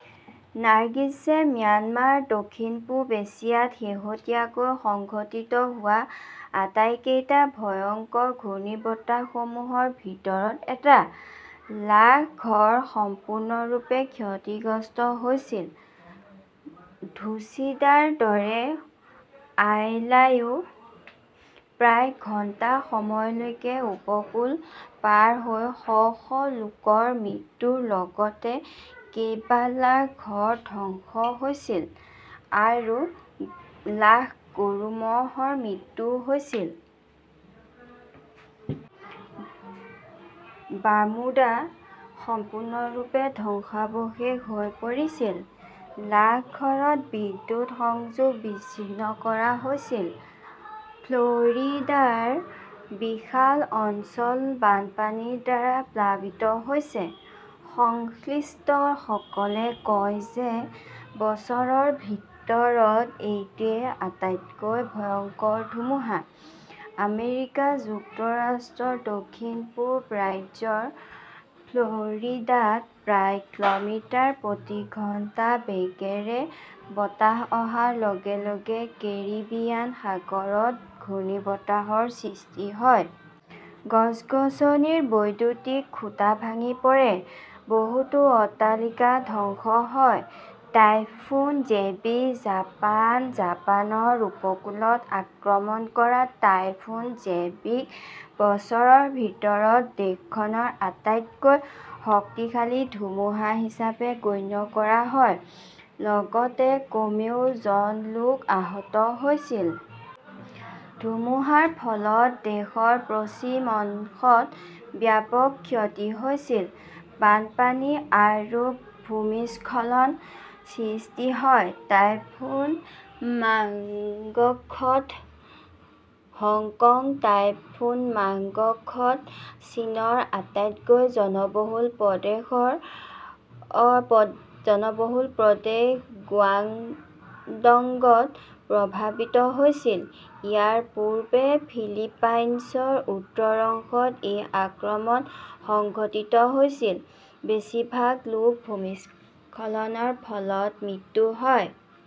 নাৰ্গিছ, Myanmar দক্ষিণ-পূব এছিয়াত শেহতীয়াকৈ সংঘটিত হোৱা আটাইতকৈ ভয়ংকৰ ঘূৰ্ণীবতাহসমূহৰ ভিতৰত এটা। লাখ ঘৰ সম্পূৰ্ণৰূপে ক্ষতিগ্ৰস্ত হৈছিল। ধুচিডাৰৰ দৰে আইলাইও প্ৰায় ঘণ্টা সময় লৈ উপকূল পাৰ হয়। শ শ লোকৰ মৃত্যুৰ লগতে কেইবা লাখ ঘৰ ধ্বংস হৈছিল আৰু লাখ গৰু-ম'হৰ মৃত্যু হৈছিল। বাৰ্মুডা সম্পূৰ্ণৰূপে ধ্বংসাৱশেষ হৈ পৰিছিল। লাখ ঘৰত বিদ্যুৎ সংযোগ বিচ্ছিন্ন কৰা হৈছিল। ফ্ল'ৰিডাৰ বিশাল অঞ্চল বানপানীৰ দ্বাৰা প্লাবিত হৈছে। সংশ্লিষ্টসকলে কয় যে বছৰৰ ভিতৰত এইটোৱেই আটাইতকৈ ভয়ংকৰ ধুমুহা। আমেৰিকা যুক্তৰাষ্ট্ৰৰ দক্ষিণ-পূব ৰাজ্য ফ্ল'ৰিডাত প্ৰায় কিলোমিটাৰ প্ৰতি ঘণ্টা বেগেৰে বতাহ অহাৰ লগে লগে কেৰিবিয়ান সাগৰত ঘূৰ্ণীবতাহৰ সৃষ্টি হয়। গছ-গছনিৰ বৈদ্যুতিক খুঁটা ভাঙি পৰে, বহুতো অট্টালিকা ধ্বংস হয়। টাইফুন জেবি, জাপান জাপানৰ উপকূলত আক্ৰমণ কৰা টাইফুন জেবিক বছৰৰ ভিতৰত দেশখনৰ আটাইতকৈ শক্তিশালী ধুমুহা হিচাপে গণ্য কৰা হয়। লগতে কমেও জন লোক আহত হৈছিল। ধুমুহাৰ ফলত দেশৰ পশ্চিম অংশত ব্যাপক ক্ষতি হৈছিল। বানপানী আৰু ভূমিস্খলনৰ সৃষ্টি হয়। Typhoon Mangkhut, Hong Kong typhoon Mangkhut চীনৰ আটাইতকৈ জনবহুল প্ৰদেশ গুয়াংডংত প্ৰভাৱিত হৈছিল। ইয়াৰ পূৰ্বে ফিলিপাইনছৰ উত্তৰ অংশত এই আক্ৰমণ সংঘটিত হৈছিল। বেছিভাগ লোক ভূমিস্খলনৰ ফলত মৃত্যু হয়।